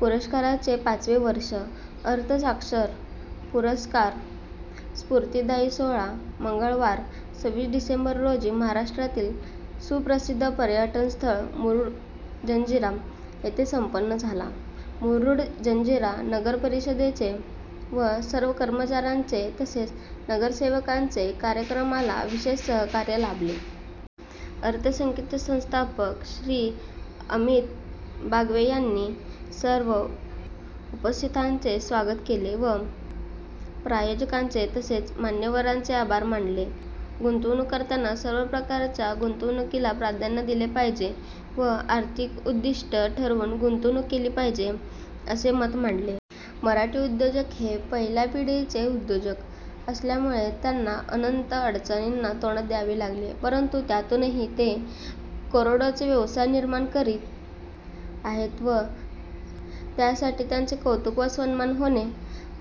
पुरस्काराचे पाचवे वर्ष! अर्थ साक्षर पुरस्कार स्फूर्तिदायी सोहळा मंगळवार सव्वीस डिसेंबर रोजी महाराष्ट्रातील सुप्रसिद्ध पर्यटन स्थळ मुरुड जंजिरा येथे संप्पन झाला. मुरुड जंजिरा नगरपरिषदेचे व सर्व कर्मचाऱ्यांचे तसेच नगरसेवकांचे कार्यक्रमाला विशेष सहकार्य लाभले. अर्थसंकेतचे संस्थापक श्री. अमित बागवे यांनी सर्व उपस्थितांचे स्वागत केले व प्रायोजकांचे तसेच मान्यवरांचे आभार मानले. गुंतवणूक करताना सर्व प्रकारच्या गुंतवणुकीला प्राधान्य दिले पाहिजे व आर्थिक उद्दिष्ट ठरवून गुंतवणूक केली पाहिजे असे मत मांडले. मराठी उद्योजक हे पहिल्या पिढीचे उद्योजक असल्यामुळे त्यांना अनंत अडचणींना तोंड द्यावे लागते परंतु त्यातूनही ते करोडोचे व्यवसाय निर्माण करीत आहेत व त्यासाठी त्यांचे कौतुक व सन्मान होणे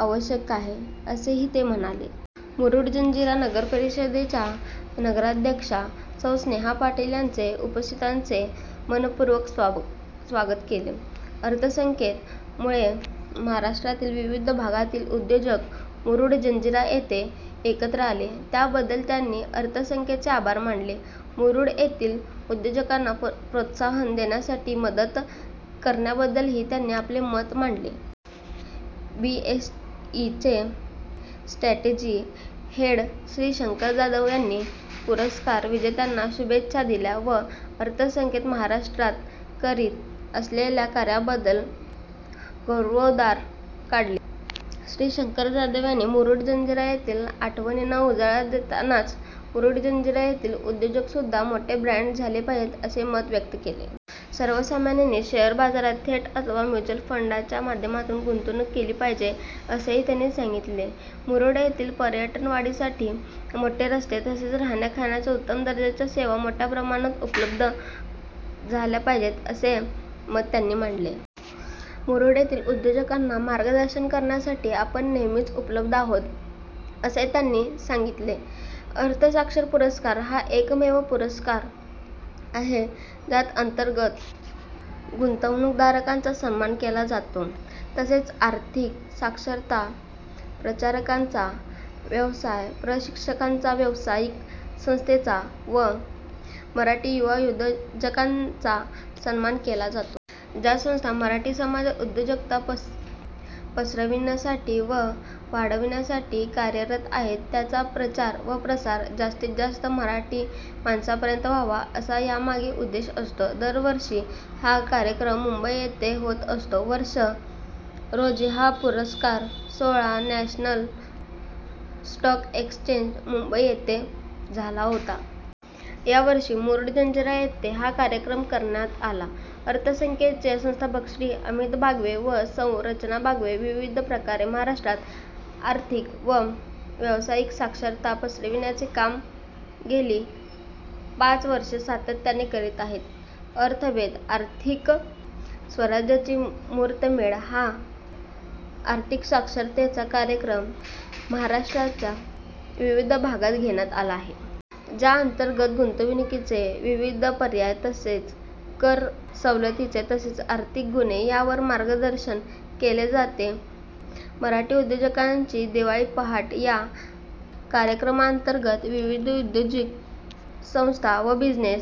आवश्यक आहे असेही ते म्हणाले. मुरुड जंजिरा नगरपरिषदेच्या नगराध्यक्षा सौ. स्नेहा पाटील यांनी उपस्थितांचे मनःपुर्वक स्वागत केले. अर्थसंकेत मुळे महाराष्ट्रातील विविध भागातील उद्योजक मुरुड जंजिरा येथे एकत्र आले त्याबद्दल त्यांनी अर्थसंकेतचे आभार मानले. मुरुड येथील उद्योजकांना प्रोत्साहन देण्यासाठी मदत करण्याबद्दलही त्यांनी आपले मत मांडले. बी एस ई चे स्ट्रॅटेजी हेड श्री. शंकर जाधव यांनी पुरस्कार विजेत्यांना शुभेच्छा दिल्या व अर्थसंकेत महाराष्ट्रात करीत असलेल्या कार्याबद्दल गौरवोद्गार काढले. श्री. शंकर जाधव यांनी मुरुड जंजिरा येथील आठवणींना उजाळा देतानाच मुरुड जंजिरा येथील उद्योग सुद्धा मोठे ब्रँड झाले पाहिजेत असे मत व्यक्त केले. सर्वसामान्यांनी शेअर बाजारात थेट अथवा म्युच्युअल फंडांच्या माध्यमातून गुंतवणूक केली पाहिजे असेही त्यांनी सांगितले. मुरूड येथील पर्यटन वाढीसाठी मोठे रस्ते तसेच राहण्या खाण्याच्या उत्तम दर्जाच्या सेवा मोठ्या प्रमाणात उपलब्ध झाल्या पाहिजेत असे मत त्यांनी मांडले. मुरुड येथील उद्योजकांना मार्गदर्शन करण्यासाठी आपण नेहमीच उपलब्ध आहोत असे त्यांनी सांगितले. अर्थ साक्षर पुरस्कार हा एकमेव पुरस्कार आहे ज्या अंतर्गत गुंतवणूकदारांचा सन्मान केला जातो. तसेच आर्थिक साक्षरता प्रचारकांचा, व्यवसाय प्रशिक्षकांचा, व्यावसायिक संस्थांचा व मराठी युवा उद्योजकांचा सन्मान केला जातो. ज्या संस्था मराठी समाजात उद्योजकता पसरविण्यासाठी व वाढविण्यासाठी कार्यरत आहेत त्यांचा प्रचार व प्रसार जास्तीत जास्त मराठी माणसांपर्यंत व्हावा असा यामागे उद्देश असतो. दरवर्षी हा कार्यक्रम मुंबई येथे होत असतो. वर्ष रोजी हा पुरस्कार सोहळा नॅशनल स्टॉक एक्स्चेंज, मुंबई येथे झाला होता. यावर्षी मुरुड जंजिरा येथे हा कार्यक्रम करण्यात आला. अर्थसंकेतचे संस्थापक श्री. अमित बागवे व सौ. रचना बागवे विविध प्रकारे महाराष्ट्रात आर्थिक व व्यवसायिक साक्षरता पसरविण्याचे काम गेली पाच वर्षे सातत्याने करीत आहेत. अर्थवेध आर्थिक स्वराज्याची मुहूर्तमेढ हा आर्थिक साक्षरतेचा कार्यक्रम महाराष्ट्राच्या विविध भागात घेण्यात आला आहे. ज्या अंतर्गत गुंतवणुकीचे विविध पर्याय तसेच कर सवलती तसेच आर्थिक गुन्हे यावर मार्गदर्शन केले जाते. मराठी उद्योजकांची दिवाळी पहाट या कार्यक्रमा अंतर्गत विविध उद्योजकीय संस्था व बिझनेस